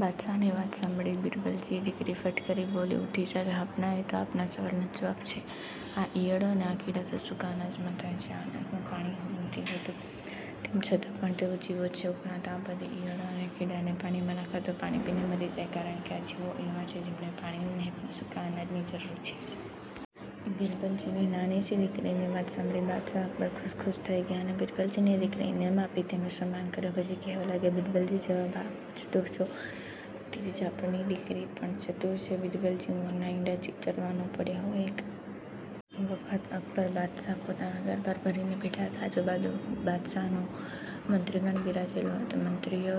બાદશાહની વાત સાંભળી બિરબલજીની દીકરી ફટ કરતી બોલી ઉઠી જહાંપનાહ એ તો આપના સવાલનો જવાબ છે. આ ઇયળો અને આ કીડા તે સૂકા અનાજમાં થાય છે આ અનાજમાં પાણી નથી હોતું તેમ છતાં પણ તેઓ જીવે છે ઉપરાંત આ બધી ઇયળો અને કીડાને પાણીમાં નાખો તો પાણી પીને મરી જાય છે કારણ કે આ જીવો એવા છે જેમને પાણીની નહીં પણ સૂકા અનાજની જરૂર છે. બિરબલજીની નાનીશી દીકરીની વાત સાંભળી બાદશાહ અકબર ખુશ ખુશ થઈ ગયાં અને બિરબલજીની દીકરીને ઈનામ આપી તેનું સન્માન કર્યું પછી કહેવા લાગ્યાં કે બિરબલજી જેવા આપ ચતુર છો તેવી જ આપની દીકરી.. પણ ચતુર છે બિરબલજી મોરનાં ઈંડા ચીતરવા નો પડે હો..એક વખત અકબર બાદશાહ પોતાનો દરબાર ભરીને બેઠા હતા. આજુબાજુ બાદશાહનું મંત્રીગણ બિરાજેલું હતું. મંત્રીઓ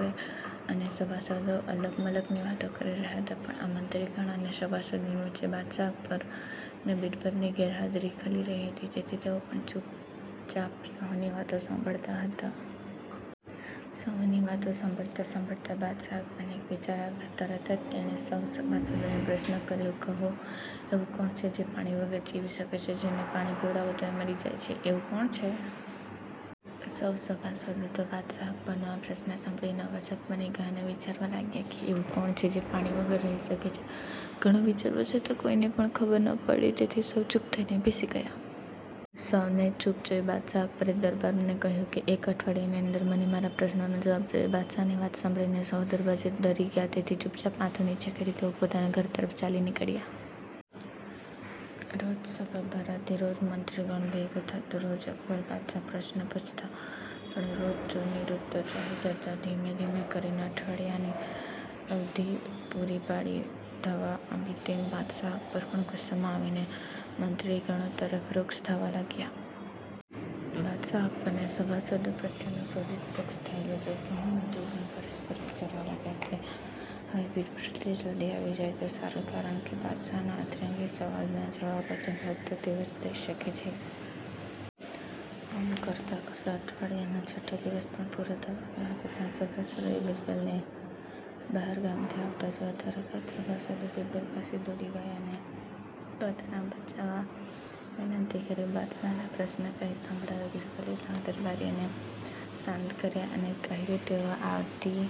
અને સભાસદો અલકમલકની વાતો કરી રહ્યાં હતાં. પણ આ મંત્રીગણ અને સભાસદોની વચ્ચે બાદશાહ અકબરને બિરબલની ગેરહાજરી ખલી રહી હતી તેથી તેઓ પણ ચૂપચાપ સહુની વાતો સાંભળતાં હતાં. સહુની વાતો સાંભળતાં સાંભળતાં બાદશાહ અકબરને એક વિચાર આવ્યો. તરત જ તેણે સૌ સભાસદોને પ્રશ્ન કર્યો કહો એવું કોણ છે જે પાણી વગર જીવી શકે છે ને જેને પાણી પીવડાવો તો એ મરી જાય એવું કોણ છે? સૌ સભાસદો તો બાદશાહ અકબરનો આ પ્રશ્ન સાંભળીને અવાચક બની ગયાં અને વિચારવા લાગ્યા કે એવું કોણ છે જે પાણી વગર રહી શકે છે. ઘણું વિચારવા છતાં કોઈને પણ ખબર ન પડી, તેથી સૌ ચૂપ થઈને બેસી ગયાં. સૌને ચૂપ બેસેલા જોઈ બાદશાહ અકબરે દરબારને કહ્યું કે એક અઠવાડિયાની અંદર મને મારા પ્રશ્નનો જવાબ જોઈએ. બાદશાહની વાત સાંભળીને સહુ દરબારી ડરી ગયાં તેથી ચૂપચાપ માથું નીચે કરી તેઓ પોતાના ઘર તરફ ચાલી નીકળ્યાં. રોજ સભા ભરાતી, રોજ મંત્રીગણ ભેગું થતું, રોજ અકબર બાદશાહ પ્રશ્ન પૂછતા પણ રોજ સૌ નિરુત્તર રહી જતાં. ધીમે ધીમે કરીને અઠવાડીયાની અવધિ પૂરી થવા આવી તેમ બાદશાહ અકબર પણ ગુસ્સામાં આવીને મંત્રીગણો તરફ રૂક્ષ થવા લાગ્યા. બાદશાહ અકબરને સભાસદો પ્રત્યે ક્રોધિત અને રૂક્ષ થયેલા જોઈ સહુ મંત્રીગણ પરસ્પર વિચારવા લાગ્યા કે હવે બિરબલજી જલ્દી આવી જાય તો સારું કારણ કે બાદશાહનાં અંતરંગી સવાલોનાં જવાબ તો ફક્ત તેઓ જ દઈ શકે છે. આમ કરતાં કરતાં અઠવાડીયાનાં છઠ્ઠો દિવસ પણ પૂરો થવા આવ્યો હતો ત્યાં જ સભાસદોએ બિરબલને બહારગામથી આવતા જોયા તરત જ સભાસદો બિરબલ પાસે દોડી ગયાં અને પોતાને બચાવવા વિનંતી કરી બાદશાહનો પ્રશ્ન કહી સંભળાવ્યો. બિરબલે સહુ દરબારીને શાંત કર્યા અને કહ્યું તેઓ આવતી